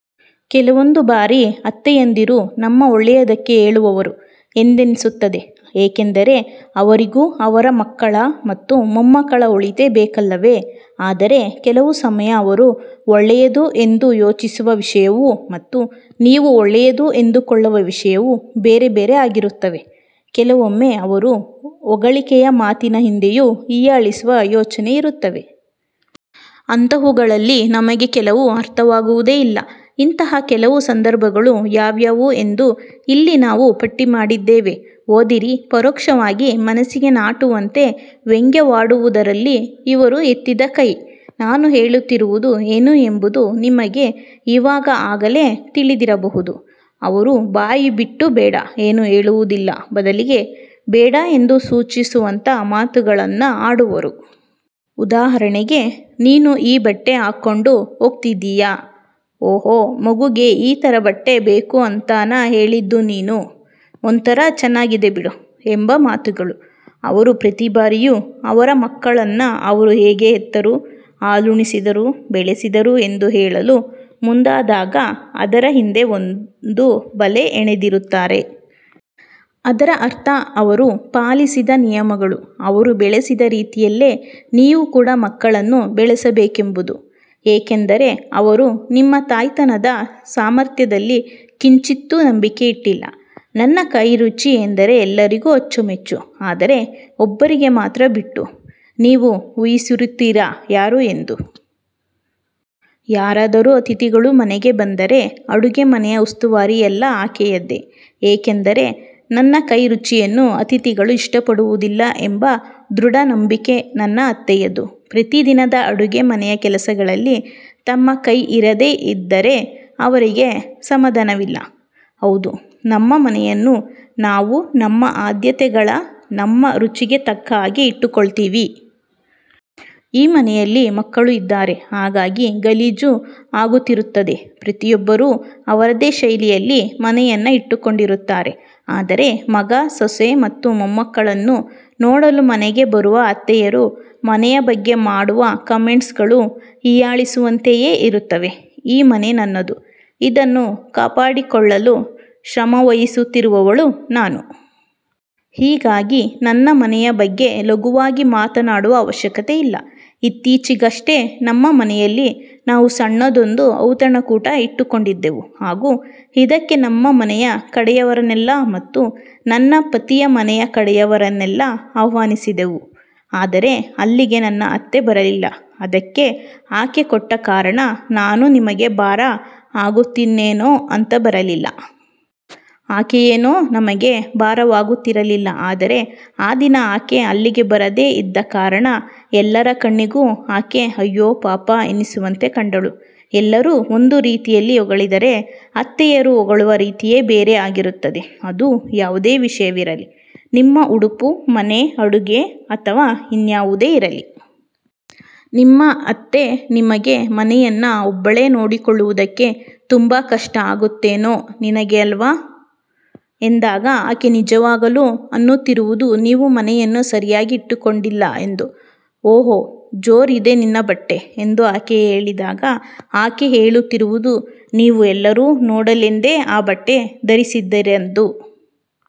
ಕೆಲವೊಂದು ಬಾರಿ ಅತ್ತೆಯಂದಿರು ನಮ್ಮ ಒಳ್ಳೆಯದಕ್ಕೆ ಹೇಳುವವರು ಎಂದೆನಿಸುತ್ತದೆ. ಏಕೆಂದರೆ, ಅವರಿಗೂ ಅವರ ಮಕ್ಕಳ ಮತ್ತು ಮೊಮ್ಮಕ್ಕಳ ಒಳಿತೇ ಬೇಕಲ್ಲವೇ. ಆದರೆ ಕೆಲವು ಸಮಯ ಅವರು ಒಳ್ಳೆಯದು ಎಂದು ಯೋಚಿಸುವ ವಿಷಯವು ಮತ್ತು ನೀವು ಒಳ್ಳೆಯದು ಎಂದುಕೊಳ್ಳುವ ವಿಷಯವು ಬೇರೆ ಬೇರೆ ಆಗಿರುತ್ತವೆ. ಕೆಲವೊಮ್ಮೆ ಅವರು ಹೊಗಳಿಕೆಯ ಮಾತಿನ ಹಿಂದೆಯೂ ಹೀಯಾಳಿಸುವ ಯೋಚನೆ ಇರುತ್ತವೆ. ಅಂಥವುಗಳಲ್ಲಿ ನಮಗೆ ಕೆಲವು ಅರ್ಥವಾಗುವುದೇ ಇಲ್ಲ. ಇಂತಹ ಕೆಲವು ಸಂದರ್ಭಗಳು ಯಾವ್ಯಾವು ಎಂದು ಇಲ್ಲಿ ನಾವು ಪಟ್ಟಿ ಮಾಡಿದ್ದೇವೆ ಓದಿರಿ ಪರೋಕ್ಷವಾಗಿ ಮನಸ್ಸಿಗೆ ನಾಟುವಂತೆ ವ್ಯಂಗ್ಯವಾಡುವುದರಲ್ಲಿ ಇವರು ಎತ್ತಿದ ಕೈ. ನಾನು ಹೇಳುತ್ತಿರುವುದು ಏನು ಎಂಬುದು ನಿಮಗೆ ಇವಾಗ ಆಗಲೇ ತಿಳಿದಿರಬಹುದು. ಅವರು ಬಾಯಿ ಬಿಟ್ಟು ಬೇಡ ಎಂದು ಹೇಳುವುದಿಲ್ಲ, ಬದಲಿಗೆ ಬೇಡ ಎಂದು ಸೂಚಿಸುವಂತ ಮಾತುಗಳನ್ನ ಆಡುವರು. ಉದಾಹರಣೆಗೆ "ನೀನು ಈ ಬಟ್ಟೆ ಹಾಕೊಂಡ್ ಹೋಗ್ತಿದೀಯಾ? "ಒಹ್ ಮಗುಗೆ ಈ ಥರ ಬಟ್ಟೆ ಬೇಕು ಅಂತಾನಾ ಹೇಳಿದ್ದು ನೀನು? " "ಒಂಥರಾ ಚೆನ್ನಾಗಿದೆ ಬಿಡು" ಎಂಬ ಮಾತುಗಳು. ಅವರು ಪ್ರತಿ ಬಾರಿಯೂ ಅವರ ಮಕ್ಕಳನ್ನ ಅವರು ಹೇಗೆ ಹೆತ್ತರು, ಹಾಲುಣಿಸಿದರು, ಬೆಳೆಸಿದರು ಎಂದು ಹೇಳಲು ಮುಂದಾದಾಗ, ಅದರ ಹಿಂದೆ ಒಂದು ಬಲೆ ಎಣೆದಿರುತ್ತಾರೆ. ಅದರ ಅರ್ಥ ಅವರು ಪಾಲಿಸಿದ ನಿಯಮಗಳು, ಅವರು ಬೆಳೆಸಿದ ರೀತಿಯಲ್ಲೇ ನೀವೂ ಕೂಡ ಮಕ್ಕಳನ್ನು ಬೆಳೆಸಬೇಕೆಂಬುದು. ಏಕೆಂದರೆ ಅವರು ನಿಮ್ಮ ತಾಯ್ತನದ ಸಾಮರ್ಥ್ಯದಲ್ಲಿ ಕಿಂಚಿತ್ತು ನಂಬಿಕೆ ಇಟ್ಟಿಲ್ಲ. ನನ್ನ ಕೈ ರುಚಿ ಎಂದರೆ ಎಲ್ಲರಿಗೂ ಅಚ್ಚು ಮೆಚ್ಚು. ಆದರೆ ಒಬ್ಬರಿಗೆ ಮಾತ್ರ ಬಿಟ್ಟು. ನೀವು ಊಹಿಸಿರುತ್ತೀರಾ ಯಾರು ಎಂದು. ಯಾರಾದರೂ ಅತಿಥಿಗಳು ಮನೆಗೆ ಬಂದರೆ, ಅಡುಗೆ ಮನೆಯ ಉಸ್ತುವಾರಿ ಎಲ್ಲಾ ಆಕೆಯದ್ದೇ. ಏಕೆಂದರೆ ನನ್ನ ಕೈ ರುಚಿಯನ್ನು ಅತಿಥಿಗಳು ಇಷ್ಟಪಡುವುದಿಲ್ಲ ಎಂಬ ದೃಢ ನಂಬಿಕೆ ನನ್ನ ಅತ್ತೆಯದ್ದು. ಪ್ರತಿದಿನದ ಅಡುಗೆ ಮನೆಯ ಕೆಲಸಗಳಲ್ಲಿ ತಮ್ಮ ಕೈ ಇರದೇ ಇದ್ದರೆ, ಅವರಿಗೆ ಸಮಾಧಾನವಿಲ್ಲ. ಹೌದು ನಮ್ಮ ಮನೆಯನ್ನು ನಾವು ನಮ್ಮ ಆದ್ಯತೆಗಳ, ನಮ್ಮ ರುಚಿಗೆ ತಕ್ಕ ಹಾಗೆ ಇಟ್ಟುಕೊಳ್ಳುತ್ತೀವಿ. ಈ ಮನೆಯಲ್ಲಿ ಮಕ್ಕಳು ಇದ್ದಾರೆ, ಹಾಗಾಗಿ ಗಲೀಜು ಆಗುತ್ತಿರುತ್ತದೆ. ಪ್ರತಿಯೊಬ್ಬರೂ ಅವರದ್ದೇ ಶೈಲಿಯಲ್ಲಿ ಮನೆಯನ್ನ ಇಟ್ಟುಕೊಂಡಿರುತ್ತಾರೆ. ಆದರೆ, ಮಗ, ಸೊಸೆ ಮತ್ತು ಮೊಮ್ಮಕ್ಕಳನ್ನು ನೋಡಲು ಮನೆಗೆ ಬರುವ ಅತ್ತೆಯರು ಮನೆಯ ಬಗ್ಗೆ ಮಾಡುವ ಕಾಮೆಂಟ್ಸ್ ಗಳು ಹೀಯಾಳಿಸುವಂತೆಯೇ ಇರುತ್ತವೆ. ಈ ಮನೆ ನನ್ನದು, ಇದನ್ನು ಕಾಪಾಡಿಕೊಳ್ಳಲು ಶ್ರಮವಹಿಸುತ್ತಿರುವವಳು ನಾನು. ಹೀಗಾಗಿ ನನ್ನ ಮನೆಯ ಬಗ್ಗೆ ಲಘುವಾಗಿ ಮಾತಾಡುವ ಅವಶ್ಯಕತೆ ಇಲ್ಲ. ಇತ್ತೀಚಿಗಷ್ಟೇ ನಮ್ಮ ಮನೆಯಲ್ಲಿ ನಾವು ಸಣ್ಣದೊಂದು ಔತಣಕೂಟ ಇಟ್ಟುಕೊಂಡಿದ್ದೆವು ಹಾಗು ಇದಕ್ಕೆ ನಮ್ಮ ಮನೆಯ ಕಡೆಯವರನ್ನ ಮತ್ತು ನನ್ನ ಪತಿಯ ಮನೆಯ ಕಡೆಯವರನ್ನೆಲ್ಲಾ ಆಹ್ವಾನಿಸಿದ್ದೆವು. ಆದರೆ ಅಲ್ಲಿಗೆ ನನ್ನ ಅತ್ತೆ ಬರಲಿಲ್ಲ. ಅದಕ್ಕೆ ಆಕೆ ಕೊಟ್ಟ ಕಾರಣ "ನಾನು ನಿಮಗೆ ಭಾರ ಆಗುತ್ತೀನೇನೋ ಅಂತ ಬರಲಿಲ್ಲ". ಆಕೆಯೇನೂ ನಮಗೆ ಭಾರವಾಗುತ್ತಿರಲಿಲ್ಲ ಆದರೆ ಆ ದಿನ ಆಕೆ ಅಲ್ಲಿಗೆ ಬರದೇ ಇದ್ದ ಕಾರಣ, ಎಲ್ಲರ ಕಣ್ಣಿಗೂ ಆಕೆ ಅಯ್ಯೋ ಪಾಪ ಎನಿಸುವಂತೆ ಕಂಡಳು. ಎಲ್ಲರೂ ಒಂದು ರೀತಿಯಲ್ಲಿ ಹೊಗಳಿದರೆ, ಅತ್ತೆಯರು ಹೊಗಳುವ ರೀತಿಯೇ ಬೇರೆ ಆಗಿರುತ್ತದೆ. ಅದು ಯಾವುದೇ ವಿಷಯವಿರಲಿ. ನಿಮ್ಮ ಉಡುಪು, ಮನೆ, ಅಡುಗೆ ಅಥವಾ ಇನ್ನ್ಯಾವುದೇ ಇರಲಿ. ನಿಮ್ಮ ಅತ್ತೆ ನಿಮಗೆ "ಮನೆಯನ್ನ ಒಬ್ಬಳೇ ನೋಡಿಕೊಳ್ಳುವುದಕ್ಕೆ ತುಂಬಾ ಕಷ್ಟ ಆಗುತ್ತೇನೋ ನಿನಗೆ ಅಲ್ವಾ" ಎಂದಾಗ ಆಕೆ ನಿಜವಾಗಲೂ ಅನ್ನುತ್ತಿರುವುದು ನೀವು ಮನೆಯನ್ನು ಸರಿಯಾಗಿ ಇಟ್ಟುಕೊಂಡಿಲ್ಲ ಎಂದು. "ಒಹ್ ಜೋರ್ ಇದೆ ನಿನ್ನ ಬಟ್ಟೆ" ಎಂದು ಆಕೆ ಹೇಳಿದಾಗ ಆಕೆ ಹೇಳುತ್ತಿರುವುದು ನೀವು ಎಲ್ಲರೂ ನೋಡಲೆಂದೇ ಆ ಬಟ್ಟೆ ಧರಿಸಿದ್ದೀರೆಂದು.